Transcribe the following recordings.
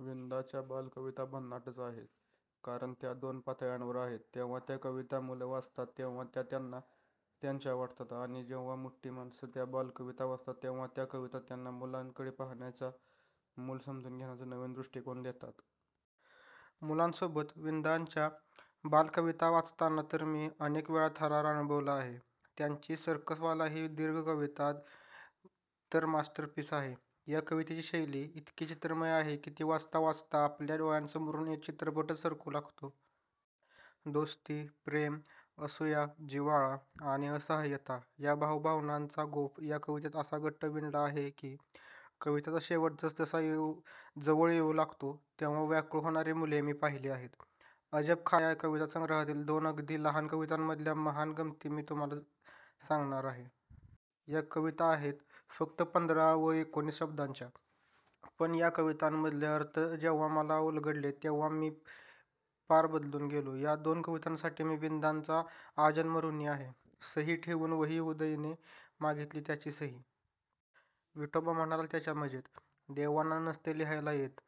विंदांच्या बालकविता भन्नाटच आहेत. कारण त्या दोन पातळ्यांवर आहेत. जेव्हा त्या कविता मुलं वाचतात तेव्हा त्या त्यांना त्यांच्या वाटतात. आणि जेव्हा मोठी माणसं त्या बालकविता वाचतात तेव्हा त्या कविता त्यांना मुलांकडे पाहण्याचा, मूल समजून घेण्याचा नवीन दृष्टिकोन देतात. मुलांसोबत विंदांच्या बालकविता वाचताना तर मी अनेकवेळा थरार अनुभवला आहे. त्यांची सर्कसवाला ही दीर्घ कविता तर मास्टरपीस आहे. या कवितेची शैली इतकी चित्रमय आहे की वाचता वाचता आपल्या डोळ्यांसमोरून एक चित्रपटच सरकू लागतो. दोस्ती, प्रेम, असूया, जिव्हाळा आणि असाहाय्यता या भावभावनांचा गोफ या कवितेत असा घट्ट विणला आहे की, कवितेचा शेवट जसजसा जवळ येऊ लागतो तेव्हा व्याकूळ होणारी मुले मी पाहिली आहेत. अजबखाना या कविता संग्रहातील दोन अगदी लहान कवितांमधल्या महान गमती मी तुम्हांला सांगणार आहे. या कविता आहेत फक्त पंधरा व एकोणीस शब्दांच्या. पण या कवितांमधले अर्थ जेव्हा मला उलगडले तेव्हा मी पार बदलून गेलो. या दोन कवितांसाठी मी विंदांचा आजन्म ऋणी आहे. सही ठेवून वही उदयने मागितली त्याची सही. विठोबा म्हणाला त्याला मजेत, देवांना नसते लिहायला येत!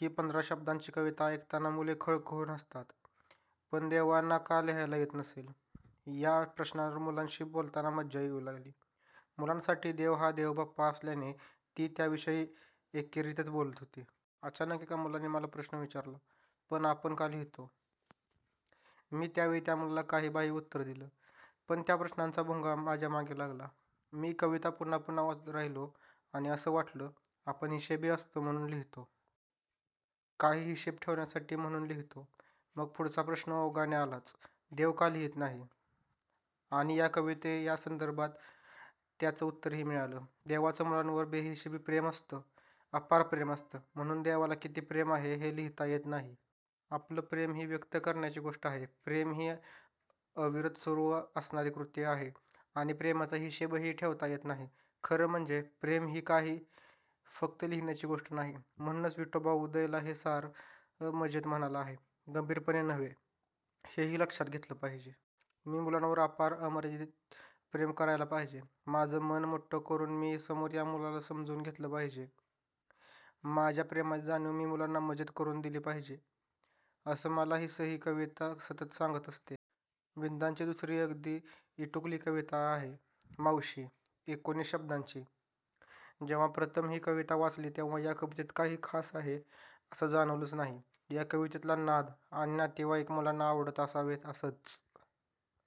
ही पंधरा शब्दांची कविता ऐकताना मुले खळखळून हसतात. पण देवांना का लिहायला येत नसेल? या प्रश्नावर मुलांशी बोलताना मजा येऊ लागली. मुलांसाठी देव हा देवबाप्पा असल्याने ती त्या याविषयी एकेरीतच बोलत होती. अचानक एका मुलाने मला प्रश्न विचारला, पण आपण का लिहितो? मी त्यावेळी त्या मुलाला काहीबाही उत्तर दिलं. पण त्या प्रश्नाचा भुंगा माझ्यामागे लागला. मी कविता पुन्हा पुन्हा वाचत राहिलो आणि असं वाटलं, आपण हिशेबी असतो म्हणून लिहितो. काही हिशेब ठेवण्यासाठी म्हणून लिहितो. मग पुढचा प्रश्न ओघाने आलाच. देव का लिहीत नाही? आणि या कविते या संदर्भात त्याचं उत्तरही मिळालं. देवाचं मुलांवर बेहिशेबी प्रेम असतं, अपार प्रेम असतं म्हणून देवाला किती प्रेम आहे हे लिहिता येत नाही. आपलं प्रेम ही व्यक्त करण्याची गोष्ट आहे, प्रेम ही अविरत सुरू असणारी कृती आहे आणि प्रेमाचा हिशेबही ठेवता येत नाही. खरं म्हणजे, प्रेम ही काही फक्त लिहिण्याची गोष्ट नाही. म्हणूनच विठोबा उदयला हे सारं मजेत म्हणाला आहे, गंभीरपणे नव्हे, हेही लक्षात घेतलं पाहिजे. मी मुलांवर अपार, अमर्याद प्रेम करायला पाहिजे. माझं मन मोठं करून मी समोर या मुलाला समजून घेतलं पाहिजे. माझ्या प्रेमाची जाणीव मी मुलांना मजेत करून दिली पाहिजे, असं मला ही सही कविता सतत सांगत असते. विंदांची दुसरी अगदी इटुकली कविता आहे, मावशी. एकोणीस शब्दांची! जेव्हा प्रथम ही कविता वाचली तेव्हा या कवितेत काही खास आहे, असं जाणवलंच नाही. या कवितेतला नाद आणि नातेवाईक मुलांना आवडत असावेत असंच